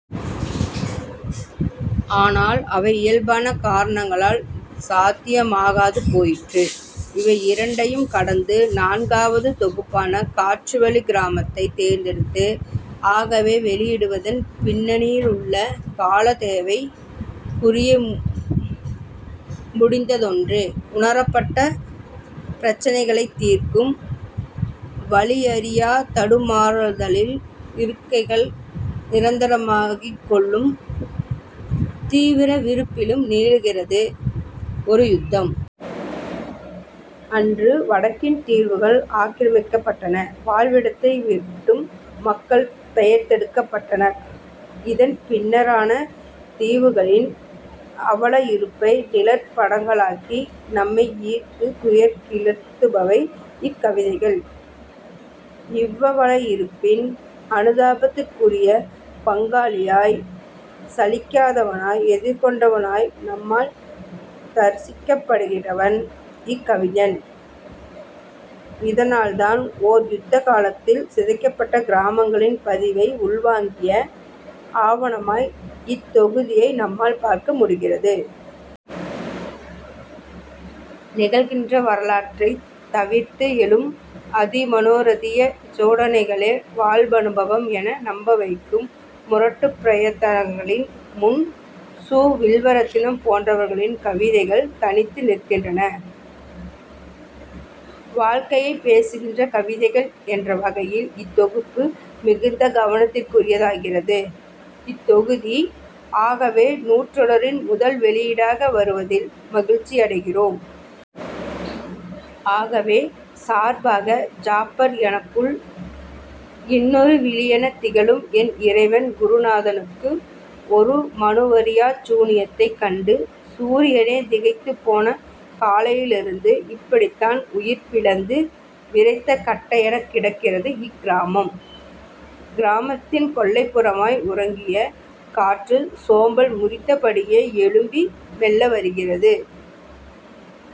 ஆனால் அவை இயல்பான காரணங்களால் சாத்தியமாகாது போயிற்று. இவை இரண்டையும் கடந்து நான்காவது தொகுப்பான "காற்றுவழிக் கிராமத்தை" தேர்ந்தெடுத்து "ஆகவே" வெளியிடுவதன் பின்னணியிலுள்ள காலத்தேவை புரிய முடிந்ததொன்றே. உணரப்பட்ட பிரச்சினைகளைத் தீர்க்கும் வழியறியாத் தடுமாறலிலும் இருக்கைகளை நிரந்தரமாக்கிக் கொள்ளும் தீவிர விருப்பிலும் நீளுகிறது ஒரு யுத்தம். அன்று வடக்கின் தீவுகள் ஆக்கிரமிக்கப்பட்டன. வாழ்விடத்தை விட்டும் மக்கள் பெயர்த்தெடுக்கப்பட்டனர். இதன் பின்னரான தீவுகளின் அவல இருப்பை நிழற் படங்களாக்கி நம்மை ஈர்த்து துயர் கிளர்த்துபவை இக்கவிதைகள். இவ்வவல இருப்பின் அனுதாபத்துக்குரிய பங்காளியாய், சலிக்காதவனாய், எதிர்கொண்டவனாய் நம்மால் தரிசிக்கப்படுகிறவன் இக்கவிஞன். இதனால் தான் ஓர் யுத்தகாலத்தில் சிதைக்கப்பட்ட கிராமங்களின் பதிவை உள்வாங்கிய ஆவணமாய் இத்தொகுதியை நம்மால் பார்க்க முடிகின்றது. நிகழ்கிற வரலாற்றைத் தவிர்த்து எழும் அதிமனோரதிய சோடனைகளே வாழ்வனுபவம் என நம்பவைக்கும் முரட்டுப் பிரயத்தனங்களின் முன் சு. வில்வரெத்தினம் போன்றவர்களின் கவிதைகள் தனித்து நிற்கின்றன. வாழ்க்கையைப் பேசுகிற கவிதைகள் என்ற வகையில் இத்தொகுப்பு மிகுந்த கவனத்திற்குரியதாகிறது. இத்தொகுதி 'ஆகவே' நூற்றொடரின் முதல் வெளியீடாக வருவதில் மகிழ்ச்சியடைகிறோம். 'ஆகவே' சார்பாக, ஜபார். எனக்குள் இன்னொரு விழியெனத் திகழும் என் இறைவன் குருநாதனுக்கு ஒரு மனுவறியாச் சூனியத்தைக் கண்டு சூரியனே திகைத்துப் போன காலையிலிருந்து இப்படித்தான் உயிர்ப்பிழந்து விறைத்த கட்டையெனக் கிடக்கிறது இக்கிராமம். கிராமத்தின் கொல்லைப் புறமாய் உறங்கிய காற்று சோம்பல் முறித்தபடியே எழும்பி மெல்ல வருகிறது.